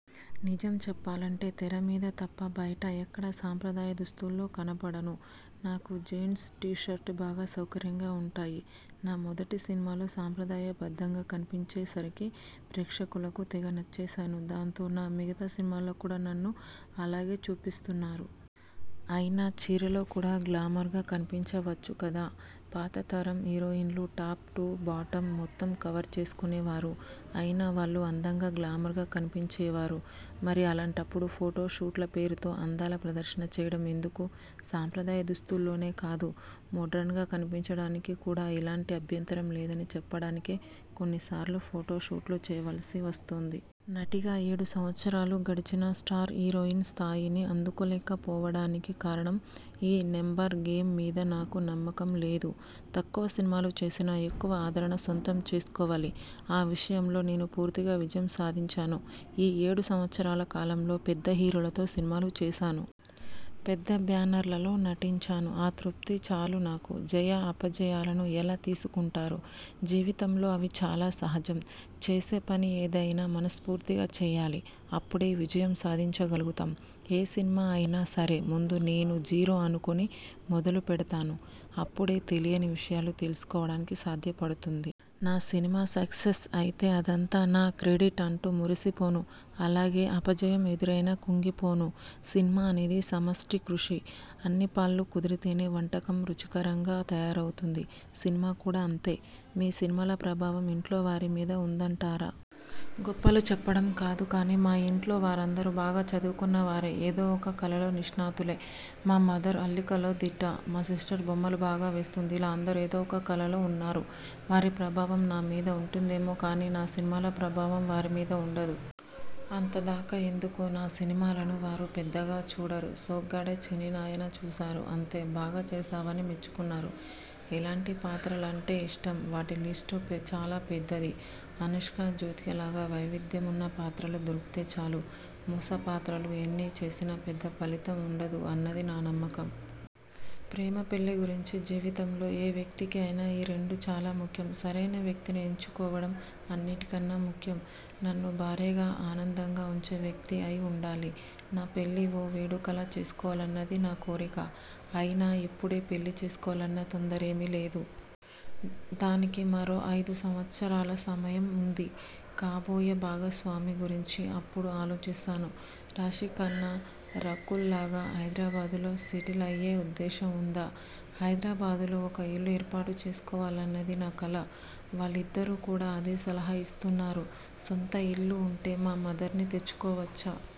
నిజం చెప్పాలంటే తెర మీద తప్ప బయట ఎక్కడా సంప్రదాయ దుస్తుల్లో కనపడను. నాకు జీన్స్ టీ షర్టు బాగా సౌకర్యంగా ఉంటాయి. నా మొదటి సినిమాలో సంప్రదాయ బద్ధంగా కనిపించే సరికి ప్రేక్షకులకు తెగ నచ్చేశాను. దాంతో నా మిగతా సినిమాల్లో కూడా నన్ను అలాగే చూపిస్తున్నారు. అయినా చీరలో కూడా గ్లామర్గా కనిపించవచ్చు కదా? పాత తరం హీరోయిన్లు టాప్ టూ బాటమ్ మొత్తం కవర్ చేసుకునే వారు. అయినా వాళ్ళు అందంగా, గ్లామర్గా కనిపించేవారు. మరి అలాంటప్పుడు ఫోటో షూట్ల పేరుతో అందాల ప్రదర్శన చేయడం ఎందుకు? సంప్రదాయ దుస్తుల్లోనే కాదు, మోడ్రన్గా కనిపించడానికి కూడా ఎలాంటి అభ్యంతరం లేదని చెప్పడానికే కొన్నిసార్లు ఫోటో షూట్లు చేయవలసి వస్తోంది. నటిగా ఏడు సంవత్సరాలు గడిచినా స్టార్ హీరోయిన్ స్థాయిని అందుకోలేకపోవడానికి కారణం? ఈ నెంబర్ గేమ్ మీద నాకు నమ్మకం లేదు. తక్కువ సినిమాలు చేసినా ఎక్కువ ఆదరణ సొంతం చేసుకోవాలి. ఆ విషయంలో నేను పూర్తిగా విజయం సాధించాను. ఈ ఏడు సంవత్సరాల కాలంలో పెద్ద హీరోలతో సినిమాలు చేశాను. పెద్ద బ్యానర్లలో నటించాను. ఆ తృప్తి చాలు నాకు. జయాపజయాలను ఎలా తీసుకుంటారు? జీవితంలో అవి చాలా సహజం. చేసే పని ఏదైనా మనస్ఫూర్తిగా చేయాలి. అప్పుడే విజయం సాధించగలుగుతాం. ఏ సినిమా అయినా సరే ముందు నేను జీరో అనుకుని మొదలుపెడతాను. అప్పుడే తెలియని విషయాలు తెలుసుకోవడానికి సాధ్యపడుతుంది. నా సినిమా సక్సెస్ అయితే అదంతా నా క్రెడిట్ అంటూ మురిసిపోను. అలాగే అపజయం ఎదురైనా కుంగిపోను. సినిమా అనేది సమష్ఠి కృషి. అన్ని పాళ్లు కుదిరితేనే వంటకం రుచికరంగా తయారవుతుంది. సినిమా కూడా అంతే! మీ సినిమాల ప్రభావం ఇంట్లో వారి మీద ఉంటుందంటారా? గొప్పలు చెప్పడం కాదు కానీ మా ఇంట్లో వారందరూ బాగా చదువుకున్నవారే! ఏదో ఒక కళలో నిష్ణాతులే! మా మదర్ అల్లికలో దిట్ట. మా సిస్టర్ బొమ్మలు బాగా వేస్తుంది. ఇలా అందరూ ఏదో ఒక కళలో ఉన్నారు. వారి ప్రభావం నా మీద ఉంటుందేమో కానీ, నా సినిమాల ప్రభావం వారి మీద ఉండదు. అంతదాకా ఎందుకు? నా సినిమాలను వారు పెద్దగా చూడరు. 'సొగ్గాడే చిన్ని నాయనా' చూశారు అంతే! బాగా చేశావని మెచ్చుకున్నారు. ఎలాంటి పాత్రలంటే ఇష్టం? వాటి లిస్టు చాలాపెద్దది. అనుష్క, జ్యోతికలాగా వైవిధ్యమున్న పాత్రలు దొరికితే చాలు. మూస పాత్రలు ఎన్ని చేసినా పెద్దగా ఫలితం ఉండదు అన్నది నా నమ్మకం. ప్రేమా, పెళ్ళి గురించి? జీవితంలో ఏ వ్యక్తికి అయినా ఈ రెండు చాలా ముఖ్యం. సరైన వ్యక్తిని ఎంచుకోవడం అన్నిటికన్నా ముఖ్యం. నన్ను భార్యగా ఆనందంగా ఉంచే వ్యక్తి అయి ఉండాలి. నా పెళ్ళి ఓ వేడుకలా చేసుకోవాలన్నది నా కోరిక. అయినా ఇప్పుడే పెళ్ళి చేసుకోవాలన్న తొందరేమీ లేదు. దానికి మరో ఐదు సంవత్సరాల సమయం ఉంది. కాబోయే భాగస్వామి గురించి అప్పుడు ఆలోచిస్తాను. రాశీఖన్నా, రకూల్లాగా హైదరాబాదులో సెటిల్ అయ్యే ఉద్దేశం ఉందా? హైదరాబాదులో ఒక ఇల్లు ఏర్పాటు చేసుకోవాలన్నది నా కల. వాళ్ళిద్దరూ కూడా అదే సలహా ఇస్తున్నారు. సొంత ఇల్లు ఉంటే మా మదర్ని తెచ్చుకోవచ్చు.